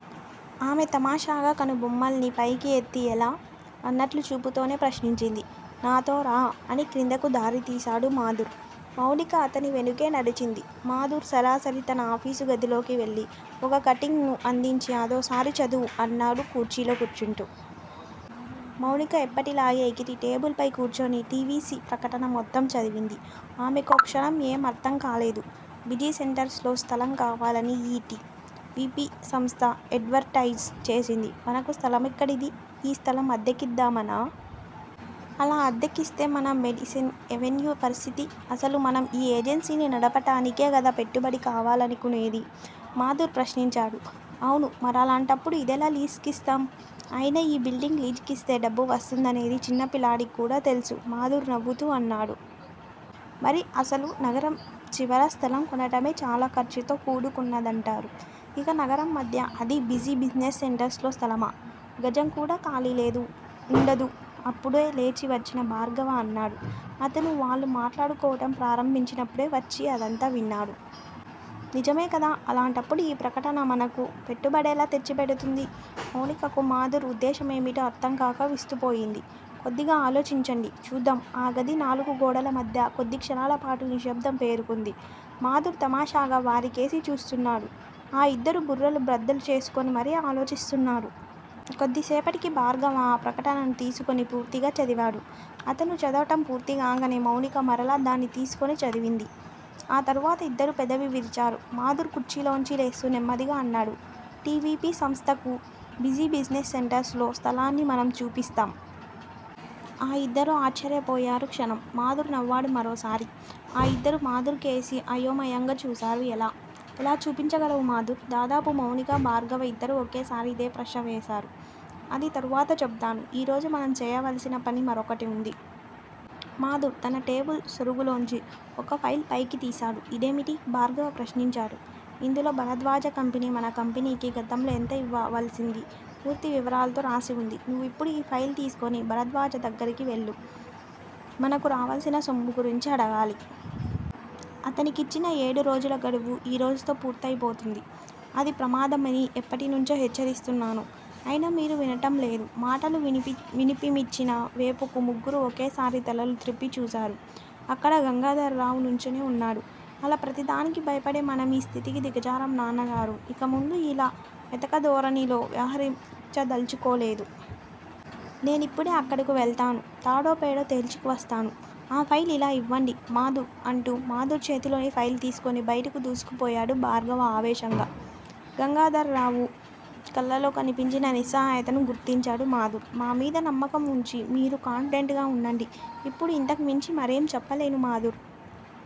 ఆమె తమాషాగా కనుబొమ్మల్ని పైకి ఎత్తి ఎలా? అన్నట్లు చూపుతోనే ప్రశ్నించింది. నాతో రా అని క్రిందకు దారితీశాడు మాధుర్. మౌనిక అతని వెనుకే నడిచింది. మాధుర్ సరాసరి తన ఆఫీసు గదిలోకి వెళ్ళి ఒక కటింగ్ ను అందించి అదోసారి చదువు అన్నాడు కుర్చీలో కూర్చుంటూ. మౌనిక ఎప్పటిలాగే ఎగిరి టేబుల్ పై కూర్చుని టి. వి. సి. ప్రకటన మొత్తం చదివింది. ఆమెకో క్షణం ఏం అర్ధంకాలేదు. బిజీ సెంటర్స్ లో స్థలం కావాలని ఈ టి. వి. పి. సంస్థ ఎడ్వర్ టైజ్ చేసింది. మనకు స్థలమెక్కడిది? ఈ స్థలం అద్దెకిద్డామనా? అలా అద్దెకిస్తే మన మేడిసన్ ఎవెన్యూ పరిస్థితి? అసలు మనం ఈ ఏజెన్సీని నడపటానికే గదా పెట్టుబడి కావాలను కునేది? మాధుర్ ప్రశ్నించాడు. అవును. మరలాంటప్పుడు ఇదెలా లీజ్ కిస్తాం? అయినా ఈ బిల్డింగ్ లీజ్ కిస్తే డబ్బు వస్తుందనేది చిన్నపిల్లాడికి కూడా తెలుసు మాధుర్ నవ్వుతూ అన్నాడు. మరి అసలు నగరం చివర స్థలం కొనటమే చాలా ఖర్చుతో కూడుకున్నదంటారు. ఇక నగరం మధ్య, అదీ బిజీ బిజినెస్ సెంటర్స్ లో స్థలమా? గజం కూడా ఖాళీలేదు. వుండదు అప్పుడే లేచి వచ్చిన భార్గవ అన్నాడు. అతను వాళ్ళు మాట్లాడుకోవటం ప్రారంభించినప్పుడే వచ్చి అదంతా విన్నాడు. నిజమేకదా? అలాంటప్పుడు ఈ ప్రకటన మనకు పెట్టుబడెలా తెచ్చిపెడుతుంది? మౌనికకు మాధుర్ ఉద్దేశమేమిటో అర్ధంకాక విస్తుపోయింది. కొద్దిగా ఆలోచించండి చూద్దాం ఆ గది నాలుగు గోడలమధ్య కొద్దిక్షణాల పాటు నిశ్శబ్దం పేరుకుంది. మాధుర్ తమాషాగా వారికేసి చూస్తున్నాడు. ఆ ఇద్దరూ బుర్రలు బ్రద్దలు చేసుకొని మరీ ఆలోచిస్తున్నారు. కొద్దిసేపటికి భార్గవ ఆ ప్రకటనను తీసుకుని పూర్తిగా చదివాడు. అతను చదవటం పూర్తికాగానే మౌనిక మరలా దాన్ని తీసుకుని చదివింది. ఆ తరువాత ఇద్దరూ పెదవి విరిచారు. మాధుర్ కుర్చీలోంచి లేస్తూ నెమ్మదిగా అన్నాడు. టి. వి. పి. సంస్థకి బిజీ బిజినెస్ సెంటర్స్ లో స్థలాన్ని మనం చూపిస్తాం. ఆ ఇద్దరూ ఆశ్చర్యపోయారు క్షణం. మాధుర్ నవ్వాడు మరోసారి. ఆ ఇద్దరూ మాధుర్ కేసి అయోమయంగా చూశారు. ఎలా? ఎలా చూపించగలవు మాధుర్? దాదాపు మౌనిక, భార్గవ ఇద్దరూ ఒకేసారి ఇదే ప్రశ్న వేశారు. అది తరువాత చెబుతాను. ఈరోజు మనం చేయవల్సిన పని మరొకటి వుంది. మాధుర్ తన టేబుల్ సొరుగులోంచి ఒక ఫైల్ పైకి తీశాడు. ఇదేమిటి? భార్గవ ప్రశ్నించాడు. ఇందులో భరద్వాజ కంపెనీ మన కంపెనీకి గతంలో ఎంత ఇవ్వవలసింది పూర్తి వివరాలతో రాసి వుంది. నువ్విప్పుడు ఈ ఫైల్ తీసుకొని భరద్వాజ దగ్గరికి వెళ్ళాలి. మనకు రావలసిన సొమ్ము గురించి అడగాలి. అతనికిచ్చిన ఏడురోజుల గడువు ఈరోజుతో పూర్తయిపోతుంది. అది ప్రమాదమని ఎప్పటినుంచో హెచ్చరిస్తున్నాను. అయినా మీరు వినటంలేదు. మాటలు వినిపిమ్చిన వేపుకు ముగ్గురూ ఒకేసారి తలలు త్రిప్పి చూశారు. అక్కడ గంగాధరరావు నుంచుని వున్నాడు. అలా ప్రతిదానికీ భయపడే మనమీ స్థితికి దిగజారాం నాన్నగారూ ఇకముందు యిలా మెతకధోరణిలో వ్యవహరిందల్చుకోలేదు. నేనిప్పుడే అక్కడకు వెళతాను. తాడో పేడో తేల్చుకువస్తాను. ఆ ఫైల్ ఇలా యివ్వండి మాధుర్ అంటూ మాధుర్ చేతిలోని ఫైల్ తీసుకొని బయటికి దూసుకుపోయాడు భార్గవ ఆవేశంగా. గంగాధరరావు కళ్ళలో కనిపించిన నిస్సహాయతను గుర్తించాడు మాధుర్. మా మీద నమ్మకం వుంచి మీరు కాన్ఫిడెంట్ గా వుండండి. ఇప్పుడు ఇంతకుమించి మరేం చెప్పలేను మాధుర్